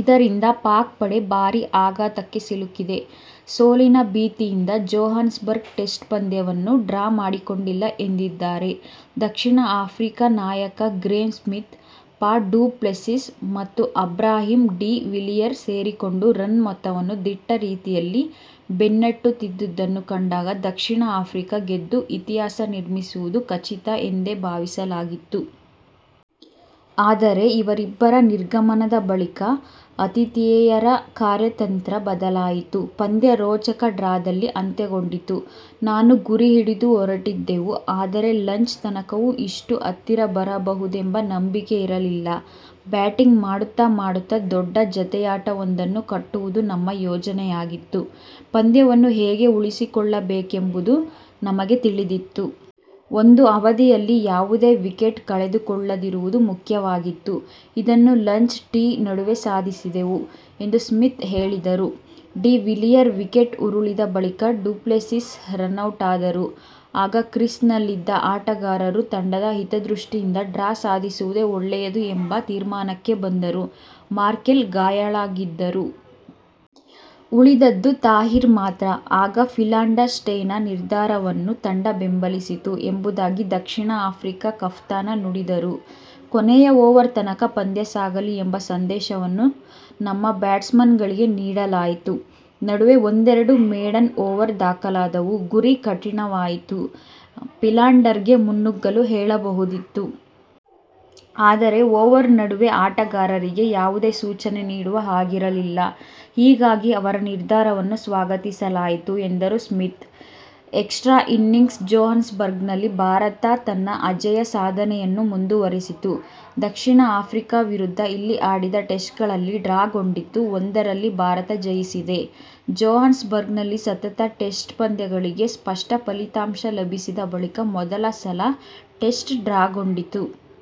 ಇದರಿಂದ ಪಾಕ್ ಪಡೆ ಭಾರೀ ಆಘಾತಕ್ಕೆ ಸಿಲುಕಿದೆ. ಸೋಲಿನ ಭೀತಿಯಿಂದ ಜೊಹಾನ್ಸ್ಬರ್ಗ್ ಟೆಸ್ಟ್ ಪಂದ್ಯವನ್ನು ಡ್ರಾ ಮಾಡಿಕೊಂಡಿಲ್ಲ ಎಂದಿದ್ದಾರೆ ದಕ್ಷಿಣ ಆಫ್ರಿಕಾ ನಾಯಕ Graeme Smith. Faf du Plessis ಮತ್ತು ಅಬ್ರಹಾಂ ಡಿ''''ವಿಲಿಯರ್ ಸೇರಿಕೊಂಡು ರನ್ ಮೊತ್ತವನ್ನು ದಿಟ್ಟ ರೀತಿಯಲ್ಲಿ ಬೆನ್ನಟ್ಟುತ್ತಿದ್ದುದನ್ನು ಕಂಡಾಗ ದಕ್ಷಿಣ ಆಫ್ರಿಕಾ ಗೆದ್ದು ಇತಿಹಾಸ ನಿರ್ಮಿಸುವುದು ಖಚಿತ ಎಂದೇ ಭಾವಿಸಲಾಗಿತ್ತು. ಆದರೆ ಇವರಿಬ್ಬರ ನಿರ್ಗಮನದ ಬಳಿಕ ಆತಿಥೇಯರ ಕಾರ್ಯತಂತ್ರ ಬದಲಾಯಿತು. ಪಂದ್ಯ ರೋಚಕ ಡ್ರಾದಲ್ಲಿ ಅಂತ್ಯಗೊಂಡಿತು. ''''ನಾನು ಗುರಿ ಹಿಡಿದು ಹೊರಟಿದ್ದೆವು. ಆದರೆ ಲಂಚ್ ತನಕವೂ ಇಷ್ಟು ಹತ್ತಿರ ಬರಬಹುದೆಂಬ ನಂಬಿಕೆ ಇರಲಿಲ್ಲ. ಬ್ಯಾಟಿಂಗ್ ಮಾಡುತ್ತ ಮಾಡುತ್ತ ದೊಡ್ಡ ಜತೆಯಾಟವೊಂದನ್ನು ಕಟ್ಟುವುದು ನಮ್ಮ ಯೋಜನೆಯಾಗಿತ್ತು. ಪಂದ್ಯವನ್ನು ಹೇಗೆ ಉಳಿಸಿಕೊಳ್ಳಬೇಕೆಂಬುದು ನಮಗೆ ತಿಳಿದಿತ್ತು. ಒಂದು ಅವಧಿಯಲ್ಲಿ ಯಾವುದೇ ವಿಕೆಟ್ ಕಳೆದುಕೊಳ್ಳದಿರುವುದು ಮುಖ್ಯವಾಗಿತ್ತು. ಇದನ್ನು ಲಂಚ್-ಟೀ ನಡುವೆ ಸಾಧಿಸಿದೆವು'' ಎಂದು ಸ್ಮಿತ್ ಹೇಳಿದರು. ''''ಡಿ''ವಿಲಿಯರ್ ವಿಕೆಟ್ ಉರುಳಿದ ಬಳಿಕ ಡು ಪ್ಲೆಸಿಸ್ ರನೌಟಾದರು. ಆಗ ಕ್ರೀಸ್ನಲ್ಲಿದ್ದ ಆಟಗಾರರು ತಂಡದ ಹಿತದೃಷ್ಟಿಯಿಂದ ಡ್ರಾ ಸಾಧಿಸುವುದೇ ಒಳ್ಳೆಯದು ಎಂಬ ತೀರ್ಮಾನಕ್ಕೆ ಬಂದರು. ಮಾರ್ಕೆಲ್ ಗಾಯಾಳಾಗಿದ್ದರು. ಉಳಿದದ್ದು ತಾಹಿರ್ ಮಾತ್ರ. ಆಗ ಫಿಲಾಂಡರ್-ಸ್ಟೇಯ್ನ ನಿರ್ಧಾರವನ್ನು ತಂಡ ಬೆಂಬಲಿಸಿತು'' ಎಂಬುದಾಗಿ ದಕ್ಷಿಣ ಆಫ್ರಿಕಾ ಕಪ್ತಾನ ನುಡಿದರು. ''''ಕೊನೆಯ ಓವರ್ ತನಕ ಪಂದ್ಯ ಸಾಗಲಿ ಎಂಬ ಸಂದೇಶವನ್ನು ನಮ್ಮ ಬ್ಯಾಟ್ಸ್ಮನ್ಗಳಿಗೆ ನೀಡಲಾಯಿತು. ನಡುವೆ ಒಂದೆರಡು ಮೇಡನ್ ಓವರ್ ದಾಖಲಾದವು. ಗುರಿ ಕಠಿನವಾಯಿತು. ಫಿಲಾಂಡರ್ಗೆ ಮುನ್ನುಗ್ಗಲು ಹೇಳಬಹುದಿತ್ತು. ಆದರೆ ಓವರ್ ನಡುವೆ ಆಟಗಾರರಿಗೆ ಯಾವುದೇ ಸೂಚನೆ ನೀಡುವ ಹಾಗಿರಲಿಲ್ಲ. ಹೀಗಾಗಿ ಅವರ ನಿರ್ಧಾರವನ್ನು ಸ್ವಾಗತಿಸಲಾಯಿತು'' ಎಂದರು ಸ್ಮಿತ್. ಎಕ್ಸ್ಟ್ರಾ ಇನ್ನಿಂಗ್ಸ್ ಜೊಹಾನ್ಸ್ಬರ್ಗ್ನಲ್ಲಿ ಭಾರತ ತನ್ನ ಅಜೇಯ ಸಾಧನೆಯನ್ನು ಮುಂದುವರಿಸಿತು. ದಕ್ಷಿಣ ಆಫ್ರಿಕಾ ವಿರುದ್ಧ ಇಲ್ಲಿ ಆಡಿದ ಟೆಸ್ಟ್ಗಳಲ್ಲಿ ಡ್ರಾಗೊಂಡಿದ್ದು, ಒಂದರಲ್ಲಿ ಭಾರತ ಜಯಿಸಿದೆ. ಜೊಹಾನ್ಸ್ಬರ್ಗ್ನಲ್ಲಿ ಸತತ ಟೆಸ್ಟ್ ಪಂದ್ಯಗಳಿಗೆ ಸ್ಪಷ್ಟ ಫಲಿತಾಂಶ ಲಭಿಸಿದ ಬಳಿಕ ಮೊದಲ ಸಲ ಟೆಸ್ಟ್ ಡ್ರಾಗೊಂಡಿತು.